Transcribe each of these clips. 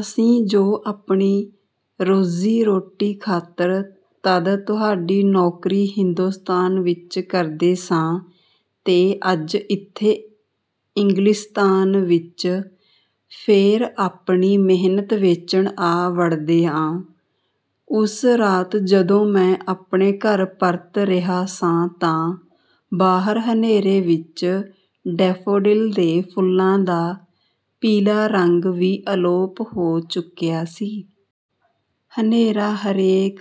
ਅਸੀਂ ਜੋ ਆਪਣੀ ਰੋਜ਼ੀ-ਰੋਟੀ ਖਾਤਰ ਤਦ ਤੁਹਾਡੀ ਨੌਕਰੀ ਹਿੰਦੁਸਤਾਨ ਵਿੱਚ ਕਰਦੇ ਸਾਂ ਤੇ ਅੱਜ ਇੱਥੇ ਇੰਗਲਿਸਤਾਨ ਵਿੱਚ ਫੇਰ ਆਪਣੀ ਮਿਹਨਤ ਵੇਚਣ ਆ ਵੜਦੇ ਆਂ।" ਉਸ ਰਾਤ ਜਦੋਂ ਮੈਂ ਆਪਣੇ ਘਰ ਪਰਤ ਰਿਹਾ ਸਾਂ ਤਾਂ ਬਾਹਰ ਹਨੇਰੇ ਵਿੱਚ ਡੈਫੋਡਿਲ ਦੇ ਫੁੱਲਾਂ ਦਾ ਪੀਲਾ ਰੰਗ ਵੀ ਅਲੋਪ ਹੋ ਚੁੱਕਿਆ ਸੀ। ਹਨੇਰਾ ਹਰੇਕ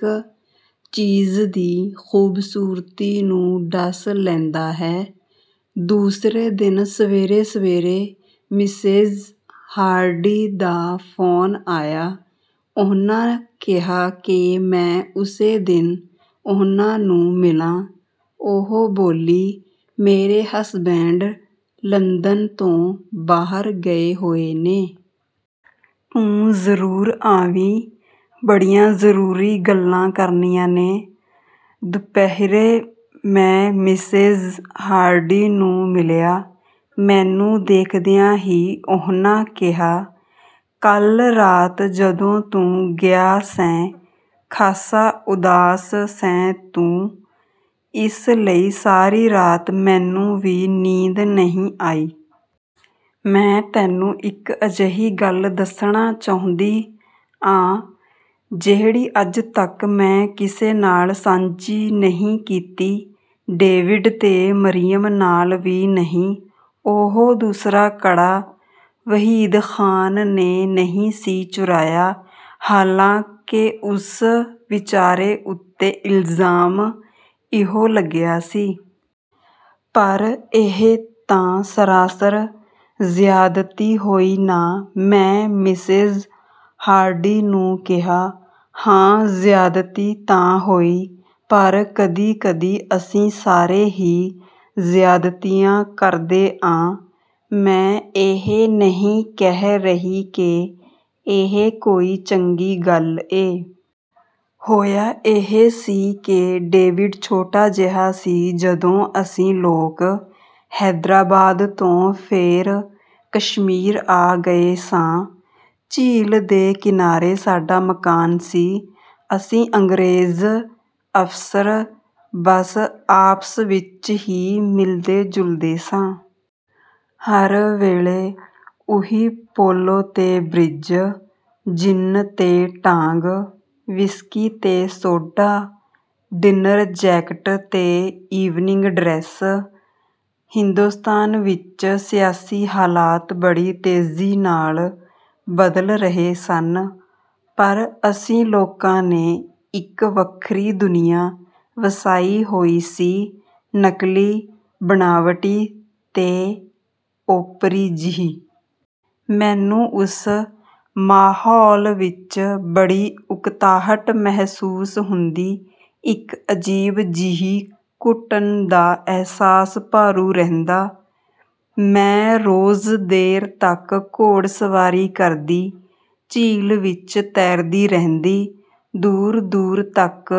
ਚੀਜ਼ ਦੀ ਖ਼ੂਬਸੂਰਤੀ ਨੂੰ ਡਸ ਲੈਂਦਾ ਹੈ। --------- ਦੂਸਰੇ ਦਿਨ ਸਵੇਰੇ-ਸਵੇਰੇ ਮਿਸੇਜ਼ ਹਾਰਡੀ ਦਾ ਫ਼ੋਨ ਆਇਆ। ਉਹਨਾਂ ਕਿਹਾ ਕਿ ਮੈਂ ਉਸੇ ਦਿਨ ਉਹਨਾਂ ਨੂੰ ਮਿਲਾਂ। ਉਹ ਬੋਲੀ, "ਮੇਰੇ ਹਸਬੈਂਡ ਲੰਦਨ ਤੋਂ ਬਾਹਰ ਗਏ ਹੋਏ ਨੇ... ਤੂੰ ਜ਼ਰੂਰ ਆਵੀਂ, ਬੜੀਆਂ ਜ਼ਰੂਰੀ ਗੱਲਾਂ ਕਰਨੀਆਂ ਨੇ।" ਦੁਪਹਿਰੇ ਮੈਂ ਮਿਸੇਜ਼ ਹਾਰਡੀ ਨੂੰ ਮਿਲਿਆ। ਮੈਨੂੰ ਦੇਖਦਿਆਂ ਹੀ ਉਹਨਾਂ ਕਿਹਾ, "ਕੱਲ੍ਹ ਰਾਤ ਜਦੋਂ ਤੂੰ ਗਿਆ ਸੈਂ, ਖਾਸਾ ਉਦਾਸ ਸੈਂ ਤੂੰ ਇਸ ਲਈ ਸਾਰੀ ਰਾਤ ਮੈਨੂੰ ਵੀ ਨੀਂਦ ਨਹੀਂ ਆਈ। ਮੈਂ ਤੈਨੂੰ ਇਕ ਅਜਿਹੀ ਗੱਲ ਦੱਸਣਾ ਚਾਹੁੰਦੀ ਆਂ ਜਿਹੜੀ ਅੱਜ ਤੱਕ ਮੈਂ ਕਿਸੇ ਨਾਲ ਸਾਂਝੀ ਨਹੀਂ ਕੀਤੀ। ਡੇਵਿਡ ਤੇ ਮਰੀਅਮ ਨਾਲ ਵੀ ਨਹੀਂ। ਉਹ ਦੂਸਰਾ ਕੜਾ ਵਹੀਦ ਖ਼ਾਨ ਨੇ ਨਹੀਂ ਸੀ ਚੁਰਾਇਆ, ਹਾਲਾਂਕਿ ਉਸ ਵਿਚਾਰੇ ਉੱਤੇ ਇਲਜ਼ਾਮ ਇਹੋ ਲੱਗਿਆ ਸੀ।" "ਪਰ ਇਹ ਤਾਂ ਸਰਾਸਰ ਜ਼ਿਆਦਤੀ ਹੋਈ ਨਾ!" ਮੈਂ ਮਿਸੇਜ਼ ਹਾਰਡੀ ਨੂੰ ਕਿਹਾ। "ਹਾਂ—ਜ਼ਿਆਦਤੀ ਤਾਂ ਹੋਈ। ਪਰ ਕਦੀ-ਕਦੀ ਅਸੀਂ ਸਾਰੇ ਹੀ ਜ਼ਿਆਦਤੀਆਂ ਕਰਦੇ ਆਂ। ਮੈਂ ਇਹ ਨਹੀਂ ਕਹਿ ਰਹੀ ਕਿ ਇਹ ਕੋਈ ਚੰਗੀ ਗੱਲ ਏ। ਹੋਇਆ ਇਹ ਸੀ ਕਿ ਡੇਵਿਡ ਛੋਟਾ ਜਿਹਾ ਸੀ, ਜਦੋਂ ਅਸੀਂ ਲੋਕ ਹੈਦਰਾਬਾਦ ਤੋਂ ਫੇਰ ਕਸ਼ਮੀਰ ਆ ਗਏ ਸਾਂ। ਝੀਲ ਦੇ ਕਿਨਾਰੇ ਸਾਡਾ ਮਕਾਨ ਸੀ। ਅਸੀਂ ਅੰਗਰੇਜ਼ ਅਫ਼ਸਰ ਬਸ ਆਪਸ ਵਿੱਚ ਹੀ ਮਿਲਦੇ-ਜੁਲਦੇ ਸਾਂ। ਹਰ ਵੇਲੇ ਉਹੀ ਪੋਲੋ ਤੇ ਬ੍ਰਿਜ, ਜਿੰਨ ਤੇ ਟਾਂਗ, ਵਿਸਕੀ ਤੇ ਸੋਢਾ, ਡਿਨਰ ਜੈਕਟ ਤੇ ਈਵਨਿੰਗ ਡਰੈੱਸ...। ਹਿੰਦੁਸਤਾਨ ਵਿੱਚ ਸਿਆਸੀ ਹਾਲਾਤ ਬੜੀ ਤੇਜ਼ੀ ਨਾਲ ਬਦਲ ਰਹੇ ਸਨ, ਪਰ ਅਸੀਂ ਲੋਕਾਂ ਨੇ ਇੱਕ ਵੱਖਰੀ ਦੁਨੀਆਂ ਵਸਾਈ ਹੋਈ ਸੀ ਨਕਲੀ, ਬਣਾਵਟੀ ਤੇ ਓਪਰੀ ਜਿਹੀ। ਮੈਨੂੰ ਉਸ ਮਾਹੌਲ ਵਿੱਚ ਬੜੀ ਉਕਤਾਹਟ ਮਹਿਸੂਸ ਹੁੰਦੀ... ਇੱਕ ਅਜੀਬ ਜਿਹੀ ਘੁਟਨ ਦਾ ਅਹਿਸਾਸ ਭਾਰੂ ਰਹਿੰਦਾ। ਮੈਂ ਰੋਜ਼ ਦੇਰ ਤੱਕ ਘੋੜਸਵਾਰੀ ਕਰਦੀ, ਝੀਲ ਵਿੱਚ ਤੈਰਦੀ ਰਹਿੰਦੀ, ਦੂਰ-ਦੂਰ ਤੱਕ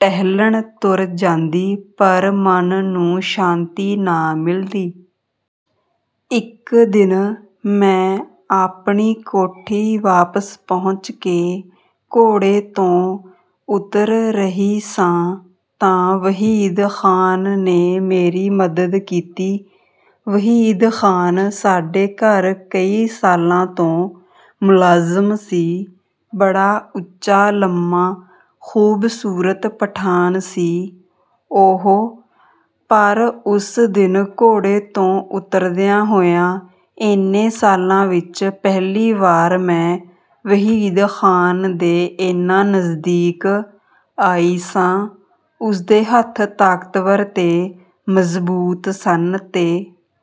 ਟਹਿਲਣ ਤੁਰ ਜਾਂਦੀ... ਪਰ ਮਨ ਨੂੰ ਸ਼ਾਂਤੀ ਨਾ ਮਿਲਦੀ। ਇੱਕ ਦਿਨ ਮੈਂ ਆਪਣੀ ਕੋਠੀ ਵਾਪਸ ਪਹੁੰਚ ਕੇ ਘੋੜੇ ਤੋਂ ਉਤਰ ਰਹੀ ਸਾਂ ਤਾਂ ਵਹੀਦ ਖ਼ਾਨ ਨੇ ਮੇਰੀ ਮਦਦ ਕੀਤੀ। ਵਹੀਦ ਖ਼ਾਨ ਸਾਡੇ ਘਰ ਕਈ ਸਾਲਾਂ ਤੋਂ ਮੁਲਾਜ਼ਮ ਸੀ। ਬੜਾ ਉੱਚਾ-ਲੰਮਾ ਖ਼ੂਬਸੂਰਤ ਪਠਾਨ ਸੀ ਉਹ ਪਰ ਉਸ ਦਿਨ ਘੋੜੇ ਤੋਂ ਉਤਰਦਿਆਂ ਹੋਇਆਂ, ਏਨੇ ਸਾਲਾਂ ਵਿੱਚ ਪਹਿਲੀ ਵਾਰ ਮੈਂ ਵਹੀਦ ਖ਼ਾਨ ਦੇ ਏਨਾ ਨਜ਼ਦੀਕ ਆਈ ਸਾਂ। ਉਸਦੇ ਹੱਥ ਤਾਕਤਵਰ ਤੇ ਮਜ਼ਬੂਤ ਸਨ ਤੇ...